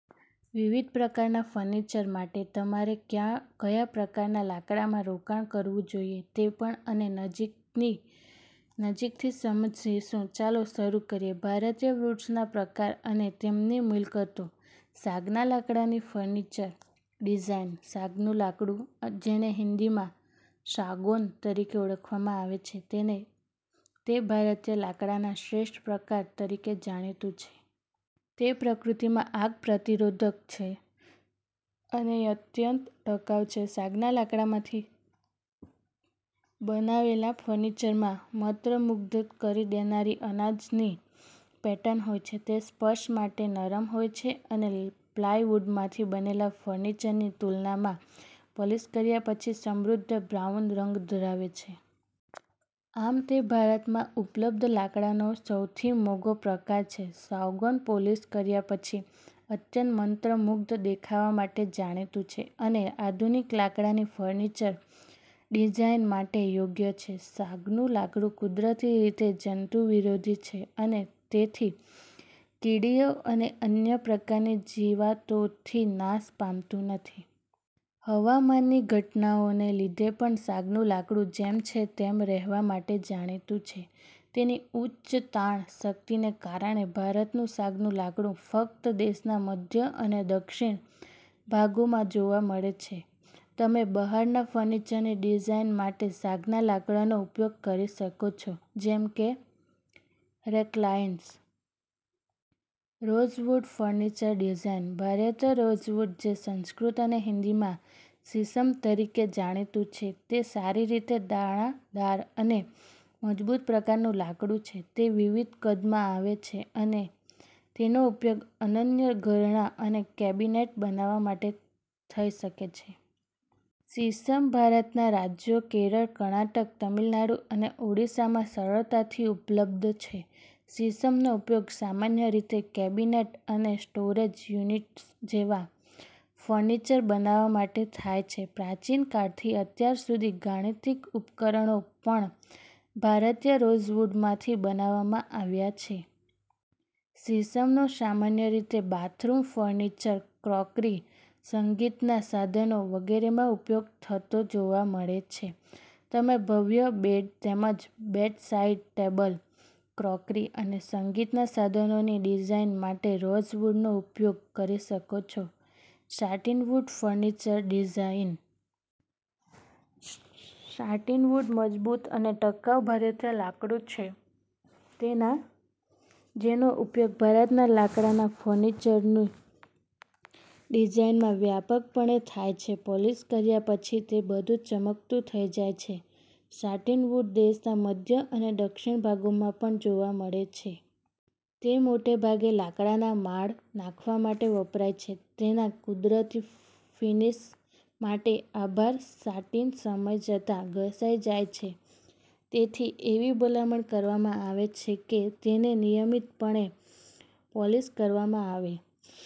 વિવિધ પ્રકારના ફર્નિચર માટે તમારે કયા પ્રકારના લાકડામાં રોકાણ કરવું જોઈએ તે પણ અમે નજીકની નજીકથી સમજસીયેશું. ચાલો, શરૂ કરીએ. ભારતીય વૂડ્સના પ્રકાર અને તેમની મિલકતો. સાગના લાકડાની ફર્નિચર ડિઝાઇન. સાગનું લાકડું, જેને હિન્દીમાં સાગૌન તરીકે ઓળખવામાં આવે છે, તેને તે ભારતીય લાકડાના શ્રેષ્ઠ પ્રકાર તરીકે જાણીતું છે. તે પ્રકૃતિમાં આગ-પ્રતિરોધક છે અને અત્યંત ટકાઉ છે. સાગના લાકડામાંથી બનાવેલા ફર્નિચરમાં મત્રમુગ્ધ કરી દેનારી અનાજની પેટર્ન હોય છે. તે સ્પર્શ માટે નરમ હોય છે અને પ્લાયવુડમાંથી બનેલા ફર્નિચરની તુલનામાં પોલિશ કર્યા પછી સમૃદ્ધ બ્રાઉન રંગ ધરાવે છે. આમ, તે ભારતમાં ઉપલબ્ધ લાકડાનો સૌથી મોંઘો પ્રકાર છે. સાગૌન પોલિશ કર્યા પછી અત્યંત મંત્રમુગ્ધ દેખાવા માટે જાણીતું છે અને આધુનિક લાકડાની ફર્નિચર ડિઝાઇન માટે યોગ્ય છે. સાગનું લાકડું કુદરતી રીતે જંતુ વિરોધી છે અને તેથી કીડીઓ અને અન્ય પ્રકારની જીવાતોથી નાશ પામતું નથી. હવામાનની ઘટનાઓને લીધે પણ સાગનું લાકડું જેમ છે તેમ રહેવા માટે જાણીતું છે, તેની ઉચ્ચ તાણ શક્તિને કારણે. ભારતનું સાગનું લાકડું ફક્ત દેશના મધ્ય અને દક્ષિણ ભાગોમાં જોવા મળે છે. તમે બહારના ફર્નિચરની ડિઝાઇન માટે સાગના લાકડાનો ઉપયોગ કરી શકો છો, જેમ કે રેક્લાઇન્સ. Rosewood furniture design. ભારતીય રોઝવુડ, જે સંસ્કૃત અને હિન્દીમાં 'શીશમ' તરીકે જાણીતું છે, તે સારી રીતે દાણાદાર અને મજબૂત પ્રકારનું લાકડું છે. તે વિવિધ કદમાં આવે છે અને તેનો ઉપયોગ અનન્ય ઘરેણાં અને કેબિનેટ બનાવવા માટે થઈ શકે છે. શીશમ ભારતના રાજ્યો કેરળ, કર્ણાટક, તમિલનાડુ અને ઓડિશામાં સરળતાથી ઉપલબ્ધ છે. શીશમનો ઉપયોગ સામાન્ય રીતે કેબિનેટ અને સ્ટોરેજ યુનિટ્સ જેવા ફર્નિચર બનાવવા માટે થાય છે. પ્રાચીન કાળથી અત્યાર સુધી ગાણિતિક ઉપકરણો પણ ભારતીય રોઝવુડમાંથી બનાવવામાં આવ્યા છે. શીશમનો સામાન્ય રીતે બાથરૂમ ફર્નિચર, ક્રોકરી, સંગીતનાં સાધનો વગેરેમાં ઉપયોગ થતો જોવા મળે છે. તમે ભવ્ય બેડ તેમજ બેડસાઇડ ટેબલ, ક્રોકરી અને સંગીતનાં સાધનોની ડિઝાઇન માટે રોઝવુડનો ઉપયોગ કરી શકો છો. Satinwood furniture design. સાટીનવુડ મજબૂત અને ટકાઉ ભારતીય લાકડું છે તેના જેનો ઉપયોગ ભારતના લાકડાના ફર્નિચરની ડિઝાઇનમાં વ્યાપકપણે થાય છે. પોલિશ કર્યા પછી, તે બધું ચમકતું થઈ જાય છે. સાટીનવુડ દેશના મધ્ય અને દક્ષિણ ભાગોમાં પણ જોવા મળે છે. તે મોટે ભાગે લાકડાના માળ નાખવા માટે વપરાય છે, તેના કુદરતી ફિનિશ માટે આભાર. સાટિન સમય જતાં ઘસાઈ જાય છે, તેથી એવી ભલામણ કરવામાં આવે છે કે તેને નિયમિતપણે પોલિશ કરવામાં આવે.